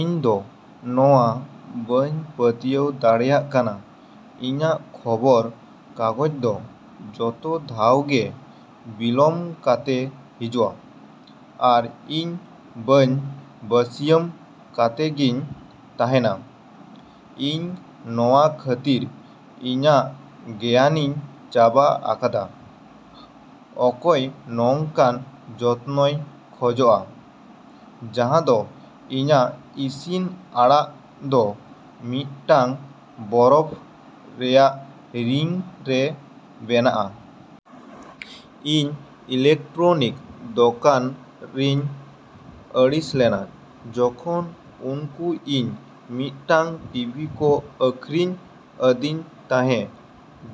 ᱤᱧᱫᱚ ᱱᱚᱶᱟ ᱵᱟᱹᱧ ᱯᱟᱹᱛᱭᱟᱹᱣ ᱫᱟᱲᱮᱭᱟᱜ ᱠᱟᱱᱟ᱾ ᱤᱧᱟᱹᱜ ᱠᱷᱚᱵᱚᱨ ᱠᱟᱜᱚᱡᱽᱫᱚ ᱡᱚᱛᱚ ᱫᱷᱟᱣᱜᱮ ᱵᱤᱞᱚᱢ ᱠᱟᱛᱮ ᱦᱤᱡᱩᱜᱼᱟ, ᱟᱨ ᱤᱧ ᱵᱟᱹᱧ ᱵᱟᱹᱥᱭᱟᱹᱢ ᱠᱟᱛᱮᱜᱤᱧ ᱛᱟᱦᱮᱸᱱᱟ ᱾ ᱤᱧ ᱱᱚᱶᱟ ᱠᱷᱟᱹᱛᱤᱨ ᱤᱧᱟᱹᱜ ᱜᱮᱭᱟᱱᱤᱧ ᱪᱟᱵᱟ ᱟᱠᱟᱫᱟ, ᱚᱠᱚᱭ ᱱᱚᱝᱠᱟᱱ ᱡᱚᱛᱚᱱᱚᱭ ᱠᱷᱚᱡᱚᱜᱼᱟ ᱡᱟᱦᱟ ᱫᱚ ᱤᱧᱟᱹᱜ ᱤᱥᱤᱱ ᱟᱲᱟᱜ ᱫᱚ ᱢᱤᱫᱴᱟᱝ ᱵᱚᱨᱚᱯᱷ ᱨᱮᱭᱟᱜ ᱨᱤᱝ ᱨᱮ ᱵᱮᱱᱟᱜᱼᱟ? ᱤᱧ ᱤᱞᱮᱠᱴᱨᱚᱱᱤᱠᱥ ᱫᱚᱠᱟᱱ ᱨᱤᱧ ᱟᱹᱲᱤᱥ ᱞᱮᱱᱟ ᱡᱚᱠᱷᱚᱱ ᱩᱱᱠᱩ ᱤᱧ ᱢᱤᱫᱴᱟᱝ ᱴᱤᱵᱷᱤ ᱠᱚ ᱟᱹᱠᱷᱨᱤᱧ ᱟᱹᱫᱤᱧ ᱛᱟᱦᱮ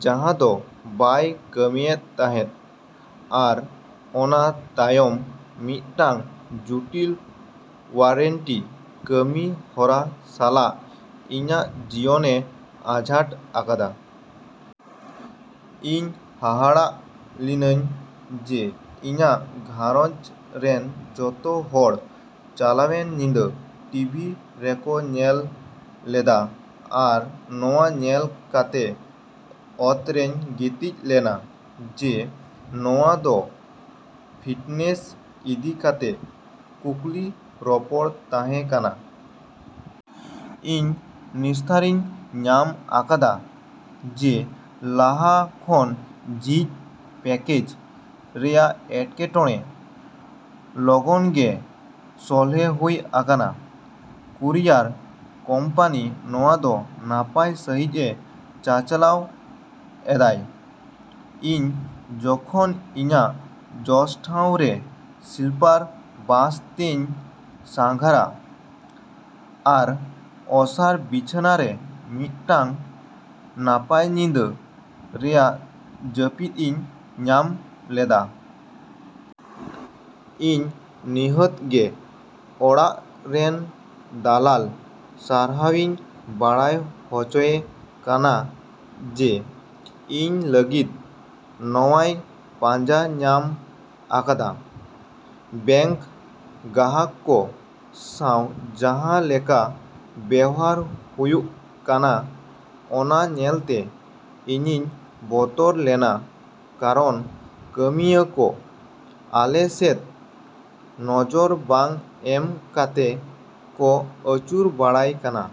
ᱡᱟᱦᱟᱸ ᱫᱚ ᱵᱟᱭ ᱠᱟᱹᱢᱤᱭᱮᱫ ᱛᱟᱦᱮᱫ᱾ ᱟᱨ ᱚᱱᱟ ᱛᱟᱭᱚᱢ ᱢᱤᱫᱴᱟᱝ ᱡᱩᱴᱤᱞ ᱳᱣᱟᱨᱮᱱᱴᱤ ᱠᱟᱹᱢᱤ ᱦᱚᱨᱟ ᱥᱟᱞᱟᱜ ᱤᱧᱟᱹᱜ ᱡᱤᱭᱚᱱᱮ ᱟᱡᱷᱟᱴ ᱟᱠᱟᱫᱟ ᱾ ᱤᱧ ᱦᱟᱦᱟᱲᱟᱜ ᱞᱤᱱᱟᱹᱧ ᱡᱮ ᱤᱧᱟᱹᱜ ᱜᱷᱟᱨᱚᱸᱡᱽ ᱨᱮᱱ ᱡᱚᱛᱚ ᱦᱚᱲ ᱪᱟᱞᱟᱣᱮᱱ ᱧᱤᱫᱟᱹ ᱴᱤᱵᱷᱤ ᱨᱮᱠᱚ ᱧᱮᱞ ᱞᱮᱫᱟ ᱟᱨ ᱱᱚᱶᱟ ᱧᱮᱞ ᱠᱟᱛᱮ ᱚᱛᱨᱮᱧ ᱜᱤᱛᱤᱡ ᱞᱮᱱᱟ ᱡᱮ ᱱᱚᱶᱟ ᱫᱚ ᱯᱷᱤᱴᱱᱮᱥ ᱤᱫᱤ ᱠᱟᱛᱮ ᱠᱩᱠᱞᱤ ᱨᱚᱯᱚᱲ ᱛᱟᱦᱮᱸ ᱠᱟᱱᱟ ᱾ ᱤᱧ ᱱᱤᱥᱛᱟᱹᱨᱤᱧ ᱧᱟᱢ ᱟᱠᱟᱫᱟ ᱡᱮ ᱞᱟᱦᱟ ᱠᱷᱚᱱ ᱡᱷᱤᱡᱽ ᱯᱮᱠᱮᱡᱽ ᱨᱮᱭᱟᱜ ᱮᱴᱠᱮᱴᱚᱲᱮ ᱞᱚᱜᱚᱱ ᱜᱮ ᱥᱚᱞᱦᱮ ᱦᱩᱭ ᱟᱠᱟᱱᱟ ᱾ ᱠᱩᱨᱤᱭᱟᱨ ᱠᱳᱢᱯᱟᱱᱤ ᱱᱚᱶᱟᱫᱚ ᱱᱟᱯᱟᱭ ᱥᱟᱹᱦᱤᱡᱽᱼᱮ ᱪᱟᱪᱟᱞᱟᱣ ᱮᱫᱟᱭ ᱾ ᱤᱧ ᱡᱚᱠᱷᱚᱱ ᱤᱧᱟᱹᱜ ᱡᱚᱥᱴᱷᱟᱣ ᱨᱮ ᱥᱞᱤᱯᱟᱨ ᱵᱟᱥᱛᱤᱧ ᱥᱟᱸᱜᱷᱟᱨᱟ ᱟᱨ ᱚᱥᱟᱨ ᱵᱤᱪᱷᱱᱟᱹᱨᱮ ᱢᱤᱫᱴᱟᱝ ᱱᱟᱯᱟᱭ ᱧᱤᱫᱟᱹ ᱨᱮᱭᱟᱜ ᱡᱟᱹᱯᱤᱫ ᱤᱧ ᱧᱟᱢ ᱞᱮᱫᱟ᱾ ᱤᱧ ᱱᱤᱦᱟᱹᱛᱜᱮ ᱚᱲᱟᱜ ᱨᱮᱱ ᱫᱟᱞᱟᱞ ᱥᱟᱨᱦᱟᱣᱤᱧ ᱵᱟᱲᱟᱭ ᱦᱚᱪᱚᱭᱮ ᱠᱟᱱᱟ ᱡᱮ ᱤᱧ ᱞᱟᱹᱜᱤᱫ ᱱᱚᱶᱟᱭ ᱯᱟᱸᱡᱟ ᱧᱟᱢ ᱟᱠᱟᱫᱟ ᱾ ᱵᱮᱝᱠ ᱜᱟᱦᱟᱠ ᱠᱚ ᱥᱟᱶ ᱡᱟᱦᱟᱸ ᱞᱮᱠᱟ ᱵᱮᱣᱦᱟᱨ ᱦᱩᱭᱩᱜ ᱠᱟᱱᱟ ᱚᱱᱟ ᱧᱮᱞᱛᱮ ᱤᱧᱤᱧ ᱵᱚᱛᱚᱨ ᱞᱮᱱᱟ ᱠᱟᱨᱚᱱ ᱠᱟᱹᱢᱤᱭᱟᱹ ᱠᱚ ᱟᱞᱮ ᱥᱮᱫ ᱱᱚᱡᱚᱨ ᱵᱟᱝ ᱮᱢ ᱠᱟᱛᱮ ᱠᱚ ᱟᱹᱪᱩᱨ ᱵᱟᱲᱟᱭ ᱠᱟᱱᱟ ᱾